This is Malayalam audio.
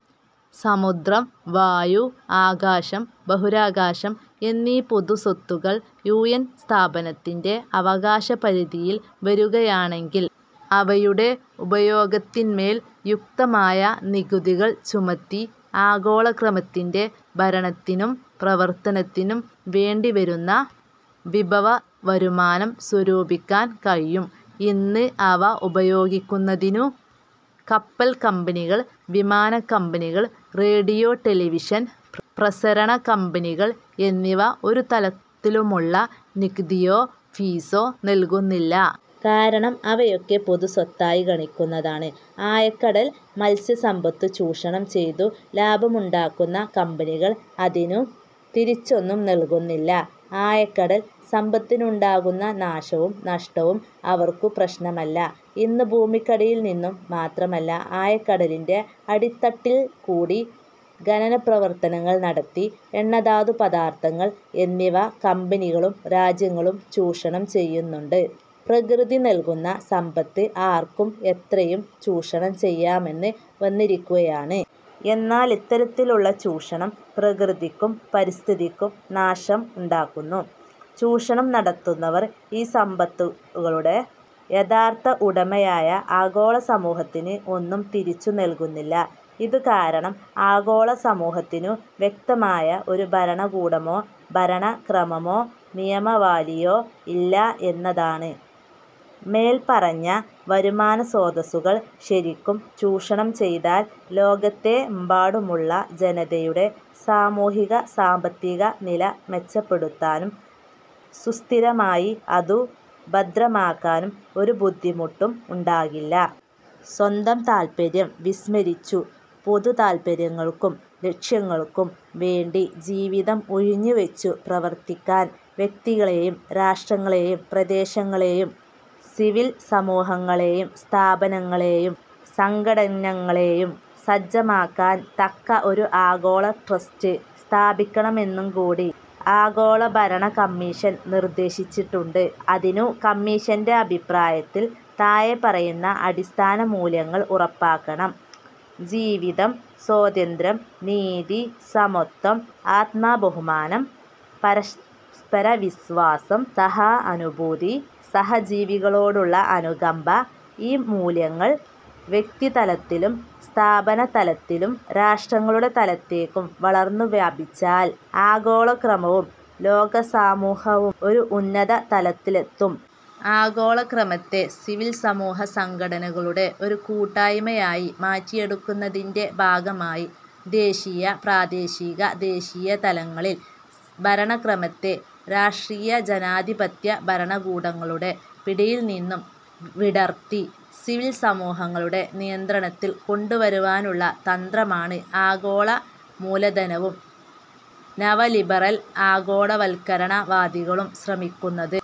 സമുദ്രം, വായു, ആകാശം, ബഹിരാകാശം എന്നീ പൊതുസ്വത്തുകൾ യു. എൻ. സ്ഥാപനത്തിന്റെ അവകാശ അധികാരപരിധിയിൽ വരികയാണെങ്കിൽ അവയുടെ ഉപയോഗത്തിന്മേൽ യുക്തമായ നികുതികൾ ചുമത്തി ആഗോളക്രമത്തിന്റെ ഭരണത്തിനും പ്രവർത്തനത്തിനും വേണ്ടിവരുന്ന വിഭവവരുമാനം സ്വരൂപിക്കാൻ കഴിയും. ഇന്ന് അവ ഉപയോഗിക്കുന്നതിനു കപ്പൽകമ്പനികൾ, വിമാനകമ്പനികൾ, റേഡിയോ-ടെലിവിഷൻ പ്രസരണകമ്പനികൾ എന്നിവ ഒരു തരത്തിലുമുള്ള നികുതിയോ, ഫീസോ നൽകുന്നില്ല. കാരണം, അവയൊക്കെ പൊതുസ്വത്തായി ഗണിക്കുന്നതാണ്. ആഴക്കടൽ മത്സ്യസമ്പത്തു ചൂഷണം ചെയ്തു ലാഭമുണ്ടാക്കുന്ന കമ്പനികൾ അതിനു തിരിച്ചൊന്നും നൽകുന്നില്ല. ആഴക്കടൽ സമ്പത്തിനുണ്ടാകുന്ന നാശവും നഷ്ടവും അവർക്കു പ്രശ്നമല്ല. ഇന്നു ഭൂമിക്കടിയിൽനിന്നു മാത്രമല്ല ആഴക്കടലിന്റെ അടിത്തട്ടിൽകൂടി ഖനനപ്രവർത്തനങ്ങൾ നടത്തി എണ്ണധാതുപദാർഥങ്ങൾ എന്നിവ കമ്പനികളും രാജ്യങ്ങളും ചൂഷണം ചെയ്യുന്നുണ്ട്. പ്രകൃതി നൽകുന്ന സമ്പത്ത് ആർക്കും എത്രയും ചൂഷണം ചെയ്യാമെന്ന് വന്നിരിക്കുകയാണ്. എന്നാലിത്തരത്തിലുള്ള ചൂഷണം പ്രകൃതിക്കും, പരിസ്ഥിതിക്കും നാശം ഉണ്ടാക്കുന്നു. ചൂഷണം നടത്തുന്നവർ ഈ സമ്പത്തുകളുടെ യഥാർഥ ഉടമയായ ആഗോളസമൂഹത്തിന് ഒന്നും തിരിച്ചുനൽകുന്നില്ല. ഇതിനുകാരണം ആഗോളസമൂഹത്തിനു വ്യക്തമായ ഒരു ഭരണകൂടമോ ഭരണക്രമമോ നിയമാവലിയോ ഇല്ല എന്നതാണ്. മേൽപ്പറഞ്ഞ വരുമാനസ്രോതസ്സുകൾ ശരിക്കും ചൂഷണം ചെയ്താൽ ലോകത്തെമ്പാടുമുള്ള ജനതയുടെ സാമൂഹിക-സാമ്പത്തികനില മെച്ചപ്പെടുത്താനും സുസ്ഥിരമായി അതു ഭദ്രമാക്കാനും ഒരു ബുദ്ധിമുട്ടും ഉണ്ടാകില്ല. സ്വന്തം താത്പര്യം വിസ്മരിച്ചു പൊതുതാത്പര്യങ്ങൾക്കും ലക്ഷ്യങ്ങൾക്കുംവേണ്ടി ജീവിതം ഉഴിഞ്ഞുവച്ചു പ്രവർത്തിക്കാൻ വ്യക്തികളെയും രാഷ്ട്രങ്ങളെയും പ്രദേശങ്ങളെയും സിവിൽസമൂഹങ്ങളെയും സ്ഥാപനങ്ങളെയും സംഘടനകളെയും സജ്ജമാക്കാൻ തക്ക ഒരു ആഗോളട്രസ്റ്റ് സ്ഥാപിക്കണമെന്നുകൂടി ആഗോളഭരണകമ്മീഷൻ നിർദ്ദേശിച്ചിട്ടുണ്ട്. അതിനു കമ്മീഷന്റെ അഭിപ്രായത്തിൽ താഴെപ്പറയുന്ന അടിസ്ഥാനമൂല്യങ്ങൾ ഉറപ്പാക്കണം: "ജീവിതം, സ്വാതന്ത്ര്യം, നീതി, സമത്വം, ആത്മബഹുമാനം, പരസ്പരവിശ്വാസം, സഹാനുഭൂതി സഹജീവികളോടുള്ള അനുകമ്പ ഈ മൂല്യങ്ങൾ വ്യക്തിതലത്തിൽനിന്നും സ്ഥാപനതലത്തിലേക്കും രാഷ്ട്രങ്ങളുടെ തലത്തിലേക്കും വളർന്നു വ്യാപിച്ചാൽ ആഗോളക്രമവും ലോകസമൂഹവും ഒരു ഉന്നതതലത്തിലെത്തും. ആഗോളക്രമത്തെ സിവിൽസമൂഹസംഘടനകളുടെ ഒരു കൂട്ടായ്മയായി മാറ്റിയെടുക്കുന്നതിന്റെ ഭാഗമായി തദ്ദേശീയ-പ്രാദേശിക-ദേശീയ തലങ്ങളിൽ ഭരണക്രമത്തെ രാഷ്ട്രീയജനാധിപത്യ ഭരണകൂടങ്ങളുടെ പിടിയിൽനിന്നും വിടർത്തി സിവിൽ സമൂഹങ്ങളുടെ നിയന്ത്രണത്തിൽ കൊണ്ടുവരാനുള്ള തന്ത്രമാണ് ആഗോളമൂലധനവും നവലിബറൽ ആഗോളവത്കരണവാദികളും ശ്രമിക്കുന്നത്.